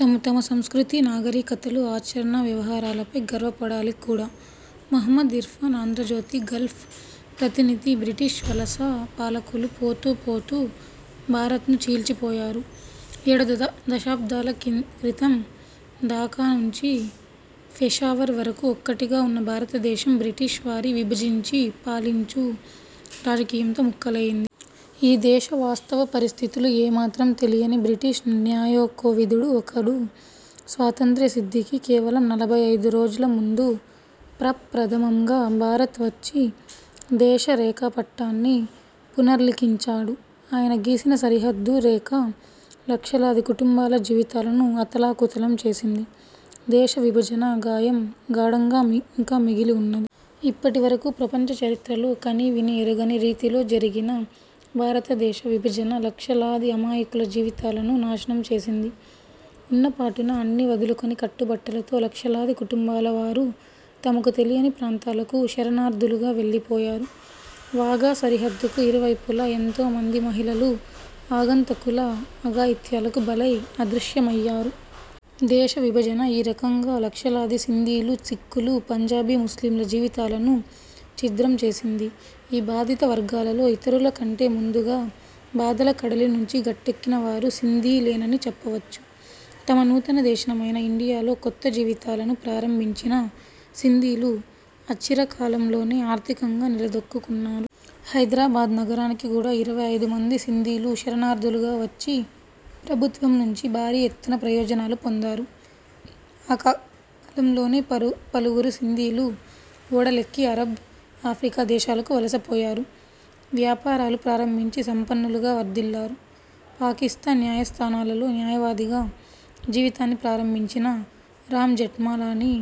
తమ తమ సంస్కృతీ నాగరికతలు, ఆచార వ్యవహారాల పై గర్వపడాలి కూడా. మొహమ్మద్ ఇర్ఫాన్ఆంధ్రజ్యోతి గల్ఫ్ ప్రతినిధిబ్రిటిష్ వలస పాలకులు పోతూ పోతూ భారత్ను చీల్చి పోయారు. ఏడు ద దశాబ్దాల కీ క్రితం, ఢాకా నుంచి పెషావర్ వరకు ఒక్కటిగా ఉన్న భారతదేశం బ్రిటిష్ వారి విభజించి పాలించు రాజకీయంతో ముక్కలైంది. ఈ దేశ వాస్తవ పరిస్థితులు ఏమాత్రం తెలియని బ్రిటిష్ న్యాయకోవిదుడు ఒకడు స్వాతంత్ర్య సిద్ధికి కేవలం నలభై ఐదు రోజుల ముందు ప్రప్రథమంగా భారత్ వచ్చి దేశ రేఖా పట్టాన్ని పునర్లిఖించాడు. ఆయన గీసిన సరిహద్దు రేఖ లక్షలాది కుటుంబాల జీవితాలను అతలాకుతలం చేసింది. దేశ విభజన గాయం గాఢంగా ఇంకా మిగిలి ఉన్నది. ఇప్పటి వరకు ప్రపంచ చరిత్రలో కనీవినీ ఎరుగని రీతిలో జరిగిన భారతదేశ విభజన లక్షలాది అమాయకుల జీవితాలను నాశనం చేసింది. ఉన్నపాటున అన్నీ వదులుకొని కట్టుబట్టలతో లక్షలాది కుటుంబాలవారు తమకు తెలియని ప్రాంతాలకు శరణార్థులుగా వెళ్ళిపోయారు. వాఘా సరిహద్దుకు ఇరు వైపులా ఎంతో మంది మహిళలు ఆగంతకుల అఘాయిత్యాలకు బలై, అదృశ్యమయ్యారు. దేశ విభజన ఈ రకంగా లక్షలాది సింధీలు, సిక్కులు, పంజాబీ ముస్లింల జీవితాలను ఛిద్రం చేసింది. ఈ బాధిత వర్గాలలో ఇతరుల కంటే ముందుగా బాధల కడలి నుంచి గట్టెక్కిన వారు సింధీలేనని చెప్పవచ్చు. తమ నూతన దేశమైన ఇండియాలో కొత్త జీవితాలను ప్రారంభించిన సింధీలు అచిరకాలంలోనే ఆర్థికంగా నిలదొక్కుకున్నారు. హైదరాబాద్ నగరానికి కూడా ఇరవై ఐదు మంది సింధీలు శరణార్థులుగా వచ్చి ప్రభుత్వం నుంచి భారీ ఎత్తున ప్రయోజనాలు పొందారు. ఆ కాలంలోనే పాలు పలువురు సింధీలు ఓడలెక్కి అరబ్, ఆఫ్రికా దేశాలకు వలసపోయారు. వ్యాపారాలు ప్రారంభించి సంపన్నులుగా వర్థిల్లారు. పాకిస్థాన్ న్యాయస్థానాలలో న్యాయవాదిగా జీవితాన్ని ప్రారంభించిన రాంజెఠ్మలానీ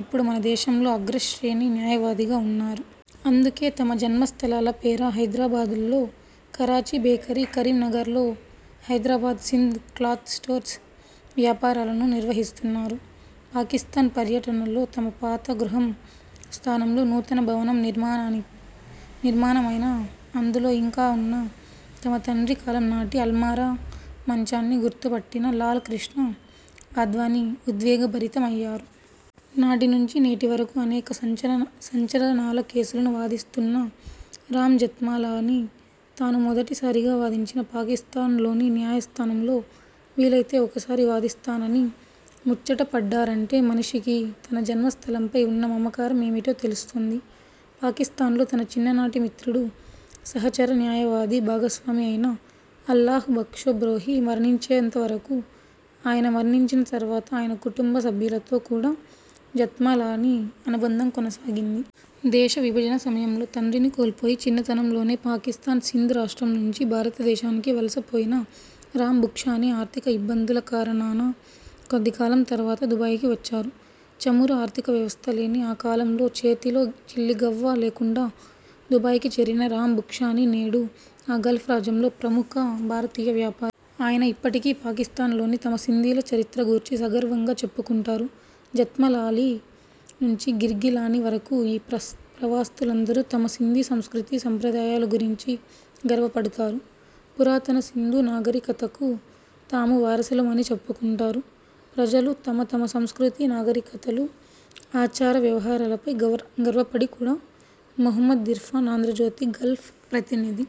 ఇప్పుడు మన దేశంలో అగ్రశ్రేణి న్యాయవాదిగా ఉన్నారు. అందుకే తమ జన్మస్థలాల పేర హైదరాబాద్లో కరాచీ బేకరీ, కరీంనగర్లో హైదరాబాద్ సింధ్ క్లాత్ స్టోర్స్ వ్యాపారాలను నిర్వహిస్తున్నారు. పాకిస్థాన్ పర్యటనలో తమ పాత గృహం స్థానంలో నూతన భవనం నిర్మాణాని నిర్మాణమైనా అందులో ఇంకా ఉన్న తమ తండ్రి కాలం నాటి అల్మారా, మంచాన్ని గుర్తుపట్టిన లాల్ కృష్ణ అద్వానీ ఉద్వేగభరితమయ్యారు. నాటి నుంచి నేటి వరకు అనేక సంచలన సంచలనాల కేసులను వాదిస్తున్న రాంజెత్మలానీ తాను మొదటిసారిగా వాదించిన పాకిస్థాన్లోని న్యాయస్థానంలో వీలయితే ఒకసారి వాదిస్తానని ముచ్చటపడ్డారంటే మనిషికి తన జన్మస్థలంపై ఉన్న మమకారం ఏమిటో తెలుస్తోంది. పాకిస్థాన్లో తన చిన్ననాటి మిత్రుడు, సహచర న్యాయవాది, భాగస్వామి అయిన అల్లాహ్ బక్ష్ బోహ్రీ మరణించేంతవరకు, ఆయన మరణించిన తర్వాత ఆయన కుటుబం సభ్యులతో కూడా జెత్మలానీ అనుబంధం కొనసాగింది. దేశ విభజన సమయంలో తండ్రిని కోల్పోయి, చిన్నతనంలోనే పాకిస్థాన్ సింధ్ రాష్ట్రం నుంచి భారతదేశానికి వలస పోయిన రాం బుక్షానీ ఆర్థిక ఇబ్బందుల కారణాన కొద్దికాలం తర్వాత దుబాయికి వచ్చారు. చమురు ఆర్థిక వ్యవస్థలేని ఆ కాలంలో చేతిలో చిల్లి గవ్వ లేకుండా దుబాయికి చేరిన రాం బుక్షానీ నేడు ఆ గల్ఫ్ రాజ్యంలో ప్రముఖ భారతీయ వ్యాపారి. ఆయన ఇప్పటికీ పాకిస్థాన్లోని తమ సింధీల చరిత్ర గూర్చి సగర్వంగా చెప్పుకుంటారు. జెత్మలాలీ నుంచి గిర్గిలానీ వరకు ఈ ప్రస్ ప్రవాసులందరూ తమ సింధీ సంస్కృతీ సంప్రదాయాల గురించి గర్వపడుతారు. పురాతన సింధూ నాగరి కతకు తాము వారసులమని చెప్పుకుంటారు. ప్రజలు తమ తమ సంస్కృతీ నాగరికతలు, ఆచార వ్యవహారాల పై గర్వ గర్వపడాలి కూడా. మొహమ్మద్ ఇర్ఫాన్ఆంధ్రజ్యోతి గల్ఫ్ ప్రతినిధి